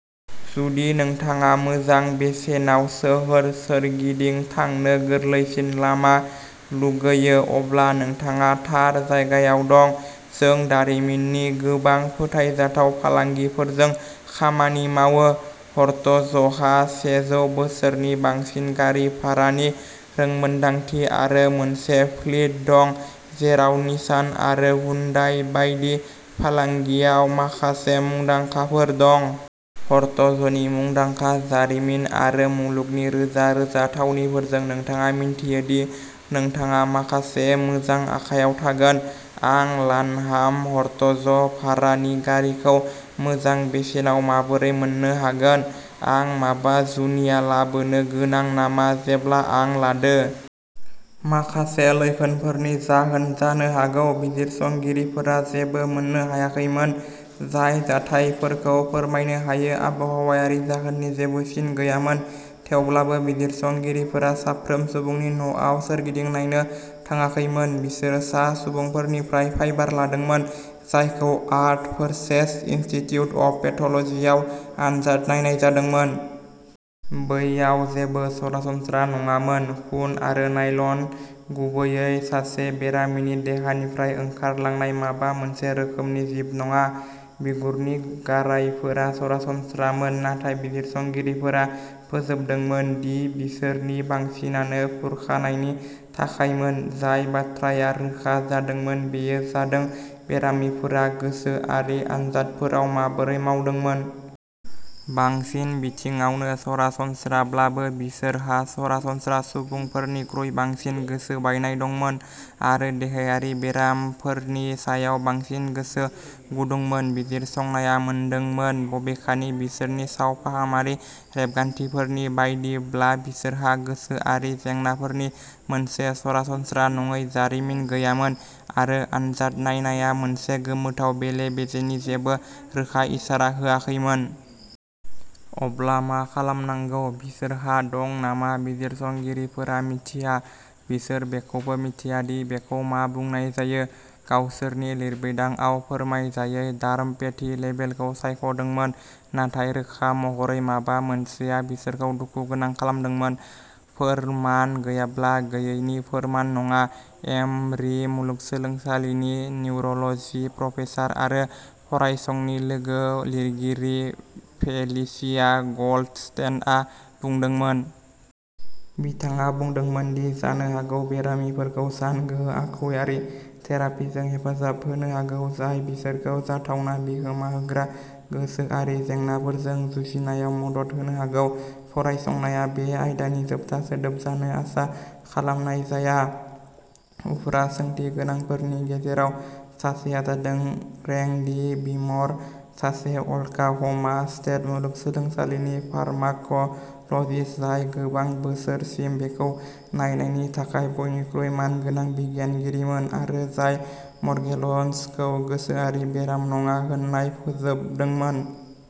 जुदि नोंथाङा मोजां बेसेनाव सोहोर सोरगिदिं थांनो गोरलैसिन लामा लुगैयो, अब्ला नोंथाङा थार जायगायाव दं। जों दारिमिननि गोबां फोथायजाथाव फालांगिफोरजों खामानि मावो। हर्टजहा सेजौ बोसोरनि बांसिन गारि भारानि रोंमोनदांथि आरो मोनसे फ्लीट दं, जेराव निसान आरो हुन्डाइ बायदि फालांगियाव माखासे मुंदांखाफोर दं। हर्टजनि मुंदांखा जारिमिन आरो मुलुगनि रोजा-रोजा थावनिफोरजों, नोंथाङा मिन्थियो दि नोंथाङा माखासे मोजां आखाइयाव थागोन। आं लानहाम हर्टज भारानि गारिखौ मोजां बेसेनाव माबोरै मोन्नो हागोन? आं माबा जुनिया लाबोनो गोनां नामा जेब्ला आं लादो? माखासे लैखोनफोरनि जाहोन जानो हागौ। बिजिरसंगिरिफोरा जेबो मोननो हायाखैमोन जाय जाथायफोरखौ फोरमायनो हायो। आबहावायारि जाहोननि जेबो सिन गैयामोन, थेवब्लाबो बिजिरसंगिरिफोरा साफ्रोम सुबुंनि न'आव सोरगिदिं नायनो थाङाखैमोन। बिसोरो सा सुबुंफोरनिफ्राय फाइबार लादोंमोन, जायखौ आर्म्ड फोर्सेस इनस्टिट्युट अफ पेथलजियाव आनजाद नायनाय जादोंमोन। बैयाव जेबो सरासनस्रा नङामोन। खुन आरो नायल'न, गुबैयै-सासे बेरामिनि देहानिफ्राय ओंखारलांनाय माबा मोनसे रोखोमनि जिब नङा। बिगुरनि गारायफोरा सरासनस्रामोन, नाथाय बिजिरसंगिरिफोरा फोजोबदोंमोन दि बिसोरनि बांसिनानो खुरखानायनि थाखायमोन। जाय बाथ्राया रोखा जादोंमोन बेयो जादों बेरामिफोरा गोसोआरि आनजादफोराव माबोरै मावदोंमोन। बांसिन बिथिङावनो सरासनस्राब्लाबो, बिसोरहा सरासनस्रा सुबुंफोरनिख्रुइ बांसिन गोसोबायनाय दंमोन आरो देहायारि बेरामफोरनि सायाव बांसिन गोसो गुदुंमोन, बिजिरसंनाया मोनदोंमोन। बबेखानि, बिसोरनि सावफाहामारि रेबगान्थिफोरनि बायदिब्ला, बिसोरहा गोसोआरि जेंनाफोरनि मोनसे सरासनस्रा नङै जारिमिन गैयामोन। आरो आनजाद नायनाया मोनसे गोमोथाव बेले-बेजेनि जेबो रोखा इसारा होआखैमोन। अब्ला मा खालामनांगौ? बिसोरहा दं नामा? बिजिरसंगिरिफोरा मिथिया। बिसोर बेखौबो मिथिया दि बेखौ मा बुंनाय जायो, गावसोरनि लिरबिदांआव "फोरमायजायै डार्म'पेथि" लेबेलखौ सायख'दोंमोन। नाथाय रोखा महरै, माबा मोनसेया बिसोरखौ दुखु गोनां खालामदोंमोन। "फोरमान गैयाब्ला गैयैनि फोरमान नङा", एम'रि मुलुगसोलोंसालिनि निउर'ल'जि प्रफेसार आरो फरायसंनि लोगो-लिरगिरि फेलिसिया ग'ल्डस्टेइनआ बुंदोंमोन। बिथाङा बुंदोंमोन दि जानो हागौ बेरामिफोरखौ सानगोहो आखुयारि थेरापिजों हेफाजाब होनो हागौ जाय बिसोरखौ जाथावना बिहोमा होग्रा गोसोआरि जेंनाफोरजों जुजिनायाव मदद होनो हागौ। फरायसंनाया बे आयदानि जोबथा सोदोब जानो आसा खालामनाय जाया। उफ्रा सोंथि गोनांफोरनि गेजेराव सासेआ जादों रेंडि विम'र, सासे अक्लाह'मा स्टेट मुलुगसोलोंसालिनि फार्माक'ल'जिस्ट, जाय गोबां बोसोरसिम बेखौ नायनायनि थाखाय बयनिख्रुइबो मानगोनां बिगियानगिरिमोन आरो जाय म'र्गेलन्सखौ गोसोआरि बेराम नङा होन्ना फोजोबदोंमोन।